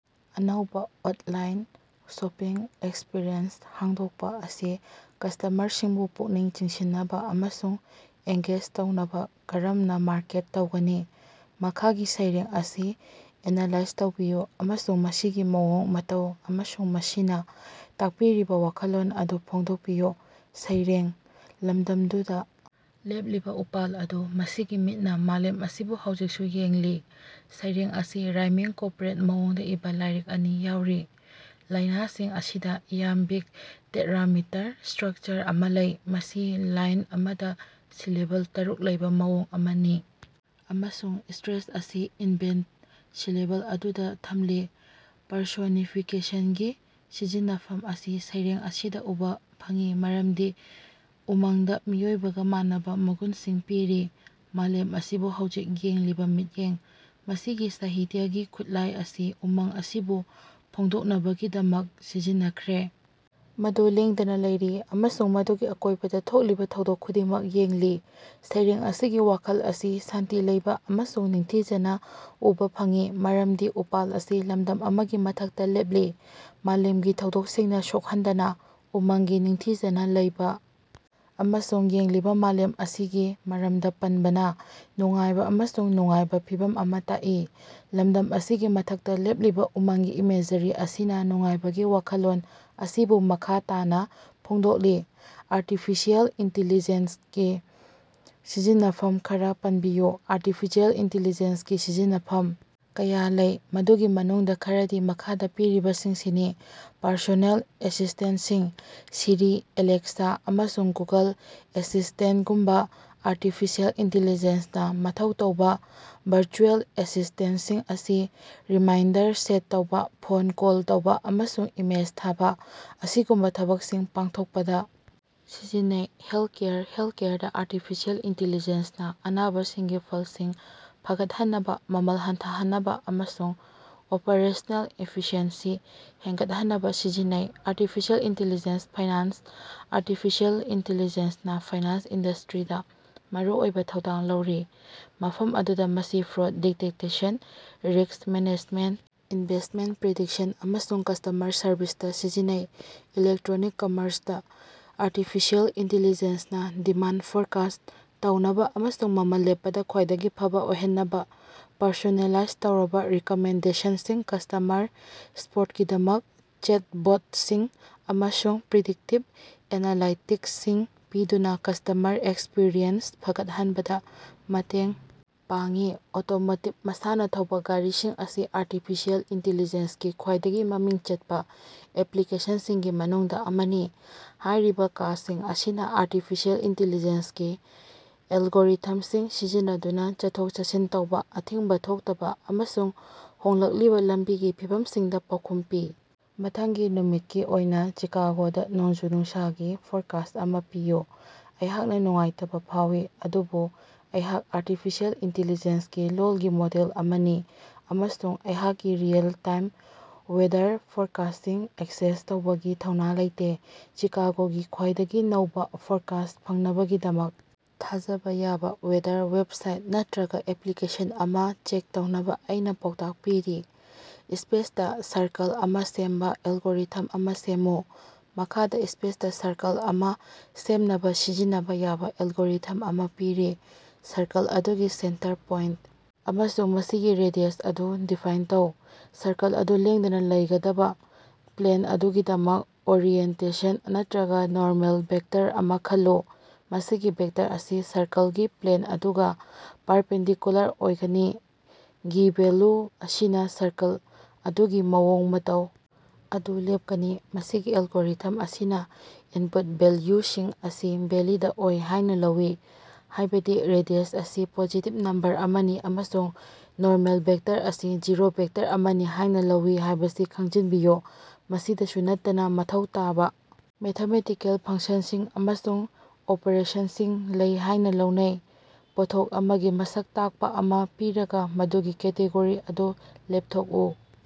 ꯑꯅꯧꯕ online shopping experience ꯍꯧꯗꯣꯛꯄ ꯑꯁꯤ ꯀꯁꯇꯃꯔꯁꯤꯡꯕꯨ ꯄꯨꯛꯅꯤꯡ ꯆꯤꯡꯁꯤꯟꯅꯕ ꯑꯃꯁꯨꯡ ꯑꯦꯡꯒꯦꯖ ꯇꯧꯅꯕ ꯀꯔꯝꯅ ꯃꯥꯔꯀꯦꯠ ꯇꯧꯒꯅꯤ? ꯃꯈꯥꯒꯤ ꯁꯩꯔꯦꯡ ꯑꯁꯤ ꯑꯦꯅꯥꯂꯥꯏꯖ ꯇꯧꯕꯤꯌꯨ ꯑꯃꯁꯨꯡ ꯃꯁꯤꯒꯤ ꯃꯑꯣꯡ ꯃꯇꯧ ꯑꯃꯁꯨꯡ ꯃꯁꯤꯅ ꯇꯥꯛꯄꯤꯔꯤꯕ ꯋꯥꯈꯜꯂꯣꯟ ꯑꯗꯨ ꯐꯣꯡꯗꯣꯛꯄꯤꯌꯨ ꯫ ꯁꯩꯔꯦꯡ: ꯂꯝꯗꯝꯗꯨꯗ ꯂꯦꯞꯂꯤꯕ ꯎꯄꯥꯜ ꯑꯗꯨ, ꯃꯁꯤꯒꯤ ꯃꯤꯠꯅ ꯃꯥꯂꯦꯝ ꯑꯁꯤꯕꯨ ꯍꯧꯖꯤꯛꯁꯨ ꯌꯦꯡꯂꯤ꯫ ꯁꯩꯔꯦꯡ ꯑꯁꯤ ꯔꯥꯏꯃꯤꯡ ꯀꯣꯄ꯭ꯂꯦꯠ ꯃꯑꯣꯡꯗ ꯏꯕ ꯂꯥꯏꯔꯤꯛ ꯑꯅꯤ ꯌꯥꯎꯔꯤ꯫ ꯂꯥꯏꯅꯁꯤꯡ ꯑꯁꯤꯗ ꯏꯌꯥꯝꯕꯤꯛ ꯇꯦꯠꯔꯥꯃꯤꯇꯔ ꯁ꯭ꯇꯔꯛꯆꯔ ꯑꯃ ꯂꯩ, ꯃꯁꯤ ꯂꯥꯏꯟ ꯑꯃꯗ ꯁꯤꯂꯦꯕꯜ ꯇꯔꯨꯛ ꯂꯩꯕ ꯃꯑꯣꯡ ꯑꯃꯅꯤ, ꯑꯃꯁꯨꯡ ꯁ꯭ꯇꯔꯦꯁ ꯑꯁꯤ ꯏꯟꯚꯦꯟ꯭ꯇ ꯁꯤꯂꯦꯕꯜ ꯑꯗꯨꯗ ꯊꯝꯂꯤ꯫ ꯄꯔꯁꯣꯅꯤꯐꯤꯀꯦꯁꯟꯒꯤ ꯁꯤꯖꯤꯟꯅꯐꯝ ꯑꯁꯤ ꯁꯩꯔꯦꯡ ꯑꯁꯤꯗ ꯎꯕ ꯐꯪꯏ ꯃꯔꯝꯗꯤ ꯎꯃꯪꯗ ꯃꯤꯑꯣꯏꯕꯒ ꯃꯥꯟꯅꯕ ꯃꯒꯨꯟꯁꯤꯡ ꯄꯤꯔꯤ- "ꯃꯥꯂꯦꯝ ꯑꯁꯤꯕꯨ ꯍꯧꯖꯤꯛ ꯌꯦꯡꯂꯤꯕ ꯃꯤꯠꯌꯦꯡ꯫" ꯃꯁꯤꯒꯤ ꯁꯥꯍꯤꯇ꯭ꯌꯒꯤ ꯈꯨꯠꯂꯥꯏ ꯑꯁꯤ ꯎꯃꯪ ꯑꯁꯤꯕꯨ ꯐꯣꯡꯗꯣꯛꯅꯕꯒꯤꯗꯃꯛ ꯁꯤꯖꯤꯟꯅꯈ꯭ꯔꯦ, ꯃꯗꯨ ꯂꯦꯡꯗꯅ ꯂꯩꯔꯤ ꯑꯃꯁꯨꯡ ꯃꯗꯨꯒꯤ ꯑꯀꯣꯏꯕꯗ ꯊꯣꯛꯂꯤꯕ ꯊꯧꯗꯣꯛ ꯈꯨꯗꯤꯡꯃꯛ ꯌꯦꯡꯂꯤ꯫ ꯁꯩꯔꯦꯡ ꯑꯁꯤꯒꯤ ꯋꯥꯈꯜ ꯑꯁꯤ ꯁꯥꯟꯇꯤ ꯂꯩꯕ ꯑꯃꯁꯨꯡ ꯅꯤꯡꯊꯤꯖꯅ ꯎꯕ ꯐꯪꯏ, ꯃꯔꯝꯗꯤ ꯎꯄꯥꯜ ꯑꯁꯤ ꯂꯝꯗꯝ ꯑꯃꯒꯤ ꯃꯊꯛꯇ ꯂꯦꯞꯂꯤ, ꯃꯥꯂꯦꯝꯒꯤ ꯊꯧꯗꯣꯛꯁꯤꯡꯅ ꯁꯣꯛꯍꯟꯗꯅ꯫ ꯎꯃꯪꯒꯤ ꯅꯤꯡꯊꯤꯖꯅ ꯂꯩꯕ ꯑꯃꯁꯨꯡ ꯌꯦꯡꯂꯤꯕ ꯃꯥꯂꯦꯝ ꯑꯁꯤꯒꯤ ꯃꯔꯝꯗ ꯄꯟꯕꯅ ꯅꯨꯡꯉꯥꯏꯕ ꯑꯃꯁꯨꯡ ꯅꯨꯡꯉꯥꯏꯕ ꯐꯤꯚꯝ ꯑꯃ ꯇꯥꯛꯏ꯫ ꯂꯝꯗꯝ ꯑꯁꯤꯒꯤ ꯃꯊꯛꯇ ꯂꯦꯞꯂꯤꯕ ꯎꯃꯪꯒꯤ ꯏꯃꯦꯖꯔꯤ ꯑꯁꯤꯅ ꯅꯨꯡꯉꯥꯏꯕꯒꯤ ꯋꯥꯈꯜꯂꯣꯟ ꯑꯁꯤꯕꯨ ꯃꯈ ꯇꯥꯅ ꯐꯣꯡꯗꯣꯛꯂꯤ꯫ ꯑꯥꯔꯇꯤꯐꯤꯁꯤꯑꯦꯜ ꯏꯟꯇꯦꯂꯤꯖꯦꯟꯁꯀꯤ ꯁꯤꯖꯤꯟꯅꯐꯝ ꯈꯔ ꯄꯟꯕꯤꯌꯨ꯫ ꯑꯥꯔꯇꯤꯐꯤꯁꯤꯑꯦꯜ ꯏꯟꯇꯤꯂꯤꯖꯦꯟꯁꯀꯤ ꯁꯤꯖꯤꯟꯅꯐꯝ ꯀꯌꯥ ꯂꯩ, ꯃꯗꯨꯒꯤ ꯃꯅꯨꯡꯗ ꯈꯔꯗꯤ ꯃꯈꯥꯗ ꯄꯤꯔꯤꯕꯁꯤꯡꯁꯤꯅꯤ: ꯄꯔꯁꯣꯅꯦꯜ ꯑꯦꯁꯤꯁꯇꯦꯟꯇꯁꯤꯡ: ꯁꯤꯔꯤ, ꯑꯦꯂꯦꯛꯁꯥ ꯑꯃꯁꯨꯡ ꯒꯨꯒꯜ ꯑꯦꯁꯤꯁ꯭ꯇꯦꯟꯇꯒꯨꯝꯕ ꯑꯥꯔꯇꯤꯐꯤꯁꯤꯑꯦꯜ ꯏꯟꯇꯦꯂꯤꯖꯦꯟꯁꯅ ꯃꯊꯧ ꯇꯧꯕ ꯚꯔꯆꯨꯑꯦꯜ ꯑꯦꯁꯤꯁ꯭ꯇꯦꯟꯇꯁꯤꯡ ꯑꯁꯤ ꯔꯤꯃꯥꯏꯟꯗꯔ ꯁꯦꯠ ꯇꯧꯕ, ꯐꯣꯟ ꯀꯣꯜ ꯇꯧꯕ ꯑꯃꯁꯨꯡ ꯃꯦꯁꯦꯖ ꯊꯥꯕ ꯑꯁꯤꯒꯨꯝꯕ ꯊꯕꯛꯁꯤꯡ ꯄꯥꯡꯊꯣꯛꯄꯗ ꯁꯤꯖꯤꯟꯅꯩ꯫ ꯍꯦꯜꯊꯀꯦꯌꯔ: ꯍꯦꯜꯊꯀꯦꯌꯔꯗ ꯑꯥꯔꯇꯤꯐꯤꯁꯤꯑꯦꯜ ꯏꯟꯇꯦꯂꯤꯖꯦꯟꯁ ꯅ ꯑꯅꯥꯕꯁꯤꯡꯒꯤ ꯐꯜꯁꯤꯡ ꯐꯒꯠꯍꯟꯅꯕ, ꯃꯃꯜ ꯍꯟꯊꯍꯟꯅꯕ ꯑꯃꯁꯨꯡ ꯑꯣꯄꯔꯦꯁꯅꯦꯜ ꯏꯐꯤꯁꯤꯑꯦꯟꯁꯤ ꯍꯦꯟꯒꯠꯍꯟꯅꯕ ꯁꯤꯖꯤꯟꯅꯩ꯫ ꯑꯥꯔꯇꯤꯐꯤꯁꯤꯑꯦꯜ ꯏꯟꯇꯦꯂꯤꯖꯦꯟꯁ ꯐꯥꯏꯅꯥꯟꯁ: ꯑꯥꯔꯇꯤꯐꯤꯁꯤꯑꯦꯜ ꯏꯟꯇꯦꯂꯤꯖꯦꯟꯁꯅ ꯐꯥꯏꯅꯥꯟꯁ ꯏꯟꯗꯁꯇ꯭ꯔꯤꯗ ꯃꯔꯨꯑꯣꯏꯕ ꯊꯧꯗꯥꯡ ꯂꯧꯔꯤ, ꯃꯐꯝ ꯑꯗꯨꯗ ꯃꯁꯤ fraud detection, risk management, investment prediction ꯑꯃꯁꯨꯡ ꯀꯁꯇꯃꯔ ꯁꯔꯕꯤꯁꯇ ꯁꯤꯖꯤꯟꯅꯩ꯫ ꯏꯂꯦꯇꯔ꯭ꯣꯅꯤꯛ-ꯀꯝꯃꯔꯁ: ꯑꯥꯔꯇꯤꯐꯤꯁꯤꯑꯦꯜ ꯏꯟꯇꯦꯂꯤꯖꯦꯟꯁ ꯅ ꯗꯤꯃꯥꯟꯗ ꯐꯣꯔꯀꯥꯁ꯭ꯠ ꯇꯧꯅꯕ ꯑꯃꯁꯨꯡ ꯃꯃꯜ ꯂꯦꯞꯄꯗ ꯈ꯭ꯋꯥꯏꯗꯒꯤ ꯐꯕ ꯑꯣꯏꯍꯟꯅꯕ ꯄꯔꯁꯣꯅꯦꯂꯥꯏꯖ ꯇꯧꯔꯕ ꯔꯤꯀꯃꯦꯟꯗꯦꯁꯟꯁꯤꯡ, ꯀꯁꯇꯃꯔ ꯁꯄ꯭ꯣꯔꯠꯀꯤꯗꯃꯛ ꯆꯦꯠꯕꯣꯠꯁꯤꯡ ꯑꯃꯁꯨꯡ ꯄ꯭ꯔꯤꯗꯤꯛꯇꯤꯚ ꯑꯦꯅꯥꯂꯥꯏꯇꯤꯛꯁꯁꯤꯡ ꯄꯤꯗꯨꯅ ꯀꯁꯇꯃꯔ ꯑꯦꯛꯁꯄꯔꯤꯌꯦꯟꯁ ꯐꯒꯠꯍꯟꯕꯗ ꯃꯇꯦꯡ ꯄꯥꯡꯏ꯫ ꯑꯣꯇꯣꯃꯣꯇꯤꯚ: ꯃꯁꯥꯅ ꯊꯧꯕ ꯒꯥꯔꯤꯁꯤꯡ ꯑꯁꯤ ꯑꯥꯔꯇꯤꯐꯤꯁꯤꯑꯦꯜ ꯏꯟꯇꯦꯂꯤꯖꯦꯟꯁ ꯒꯤ ꯈ꯭ꯋꯥꯏꯗꯒꯤ ꯃꯃꯤꯡ ꯆꯠꯄ ꯑꯦꯄ꯭ꯂꯤꯀꯦꯁꯟꯁꯤꯡꯒꯤ ꯃꯅꯨꯡꯗ ꯑꯃꯅꯤ꯫ ꯍꯥꯏꯔꯤꯕ ꯀꯥꯁꯤꯡ ꯑꯁꯤꯅ ꯑꯥꯔꯇꯤꯐꯤꯁꯤꯑꯦꯜ ꯏꯟꯇꯦꯂꯤꯖꯦꯟꯁ ꯒꯤ ꯑꯦꯜꯒꯣꯔꯤꯊꯝꯁꯤꯡ ꯁꯤꯖꯤꯟꯅꯗꯨꯅ ꯆꯠꯊꯣꯛ-ꯆꯠꯁꯤꯟ ꯇꯧꯕ, ꯑꯊꯤꯡꯕ ꯊꯣꯛꯇꯕ ꯑꯃꯁꯨꯡ ꯍꯣꯡꯂꯛꯂꯤꯕ ꯂꯝꯕꯤꯒꯤ ꯐꯤꯕꯝꯁꯤꯡꯗ ꯄꯥꯎꯈꯨꯝ ꯄꯤ꯫ ꯃꯊꯪꯒꯤ ꯅꯨꯃꯤꯠꯀꯤ ꯑꯣꯏꯅ ꯆꯤꯀꯥꯒꯣꯗ ꯅꯣꯡꯖꯨ-ꯅꯨꯡꯁꯥꯒꯤ ꯐꯣꯔꯀꯥꯁ꯭ꯠ ꯑꯃ ꯄꯤꯌꯨ꯫ ꯑꯩꯍꯥꯛꯅ ꯅꯨꯡꯉꯥꯏꯇꯕ ꯐꯥꯎꯏ, ꯑꯗꯨꯕꯨ ꯑꯩꯍꯥꯛ ꯑꯥꯔꯇꯤꯐꯤꯁꯤꯑꯦꯜ ꯏꯟꯇꯦꯂꯤꯖꯦꯟꯁ ꯒꯤ ꯂꯣꯜꯒꯤ ꯃꯣꯗꯦꯜ ꯑꯃꯅꯤ ꯑꯃꯁꯨꯡ ꯑꯩꯍꯥꯛꯀꯤ ꯔꯤꯑꯦꯜ-ꯇꯥꯏꯝ ꯋꯦꯗꯔ ꯐꯣꯔꯀꯥꯁ꯭ꯠꯁꯤꯡ ꯑꯦꯛꯁꯦꯁ ꯇꯧꯕꯒꯤ ꯊꯧꯅꯥ ꯂꯩꯇꯦ꯫ ꯆꯤꯀꯥꯒꯣꯒꯤ ꯈ꯭ꯋꯥꯏꯗꯒꯤ ꯅꯧꯕ ꯐꯣꯔꯀꯥꯁ꯭ꯠ ꯐꯪꯅꯕꯒꯤꯗꯃꯛ ꯊꯥꯖꯕ ꯌꯥꯕ ꯋꯦꯗꯔ ꯋꯦꯕꯁꯥꯏꯠ ꯅꯠꯇ꯭ꯔꯒ ꯑꯦꯄ꯭ꯂꯤꯀꯦꯁꯟ ꯑꯃ ꯆꯦꯛ ꯇꯧꯅꯕ ꯑꯩꯅ ꯄꯥꯎꯇꯥꯛ ꯄꯤꯔꯤ꯫ ꯁ꯭ꯄꯦꯁꯇ ꯁꯔꯀꯜ ꯑꯃ ꯁꯦꯝꯕ ꯑꯦꯜꯒꯣꯔꯤꯊꯝ ꯑꯃ ꯁꯦꯝꯃꯨ꯫ ꯃꯈꯥꯗ ꯁ꯭ꯄꯦꯁꯇ ꯁꯔꯀꯜ ꯑꯃ ꯁꯦꯝꯅꯕ ꯁꯤꯖꯤꯟꯅꯕ ꯌꯥꯕ ꯑꯦꯜꯒꯣꯔꯤꯊꯝ ꯑꯃ ꯄꯤꯔꯤ: ꯁꯔꯀꯜ ꯑꯗꯨꯒꯤ ꯁꯦꯟꯇꯔ ꯄꯣꯏꯟꯇ ꯑꯃꯁꯨꯡ ꯃꯁꯤꯒꯤ ꯔꯦꯗꯤꯌꯁ ꯑꯗꯨ ꯗꯤꯐꯥꯏꯟ ꯇꯧ꯫ ꯁꯔꯀꯜ ꯑꯗꯨ ꯂꯦꯡꯗꯅ ꯂꯩꯒꯗꯕ ꯄ꯭ꯂꯦꯟ ꯑꯗꯨꯒꯤꯗꯃꯛ ꯑꯣꯔꯤꯑꯦꯟꯇꯦꯁꯟ ꯅꯠꯇ꯭ꯔꯒ ꯅꯣꯔꯃꯦꯜ ꯚꯦꯛꯇꯔ ꯑꯃ ꯈꯜꯂꯨ꯫ ꯃꯁꯤꯒꯤ ꯚꯦꯛꯇꯔ ꯑꯁꯤ ꯁꯔꯀꯜꯒꯤ ꯄ꯭ꯂꯦꯟ ꯑꯗꯨꯒ ꯄꯥꯔꯄꯦꯟꯗꯤꯀꯨꯂꯔ ꯑꯣꯏꯒꯅꯤ꯫ ꯒꯤ ꯚꯦꯜꯌꯨ ꯑꯁꯤꯅ ꯁꯔꯀꯜ ꯑꯗꯨꯒꯤ ꯃꯑꯣꯡ ꯃꯇꯧ ꯑꯗꯨ ꯂꯦꯞꯀꯅꯤ꯫ ꯃꯁꯤꯒꯤ ꯑꯦꯜꯒꯣꯔꯤꯊꯝ ꯑꯁꯤꯅ ꯏꯟꯄꯨꯠ ꯚꯦꯜꯌꯨꯁꯤꯡ ꯑꯁꯤ ꯚꯦꯂꯤꯗ ꯑꯣꯏ ꯍꯥꯏꯅ ꯂꯧꯏ, ꯍꯥꯏꯕꯗꯤ ꯔꯦꯗꯤꯌꯁ ꯑꯁꯤ ꯄꯣꯖꯤꯇꯤꯚ ꯅꯝꯕꯔ ꯑꯃꯅꯤ ꯑꯃꯁꯨꯡ ꯅꯣꯔꯃꯦꯜ ꯚꯦꯛꯇꯔ ꯑꯁꯤ ꯖꯤꯔꯣ ꯚꯦꯛꯇꯔ ꯑꯃꯅꯤ ꯍꯥꯏꯅ ꯂꯧꯏ ꯍꯥꯏꯕꯁꯤ ꯈꯪꯖꯤꯟꯕꯤꯌꯨ꯫ ꯃꯁꯤꯗꯁꯨ ꯅꯠꯇꯅ ꯃꯊꯧ ꯇꯥꯕ ꯃꯦꯊꯃꯦꯇꯤꯀꯦꯜ ꯐꯪꯁꯟꯁꯤꯡ ꯑꯃꯁꯨꯡ ꯑꯣꯄꯔꯦꯁꯟꯁꯤꯡ ꯂꯩ ꯍꯥꯏꯅ ꯂꯧꯅꯩ꯫ ꯄꯣꯠꯊꯣꯛ ꯑꯃꯒꯤ ꯃꯁꯛ ꯇꯥꯛꯄ ꯑꯃ ꯄꯤꯔꯒ ꯃꯗꯨꯒꯤ ꯀꯦꯇꯦꯒꯣꯔꯤ ꯑꯗꯨ ꯂꯦꯞꯊꯣꯛꯎ꯫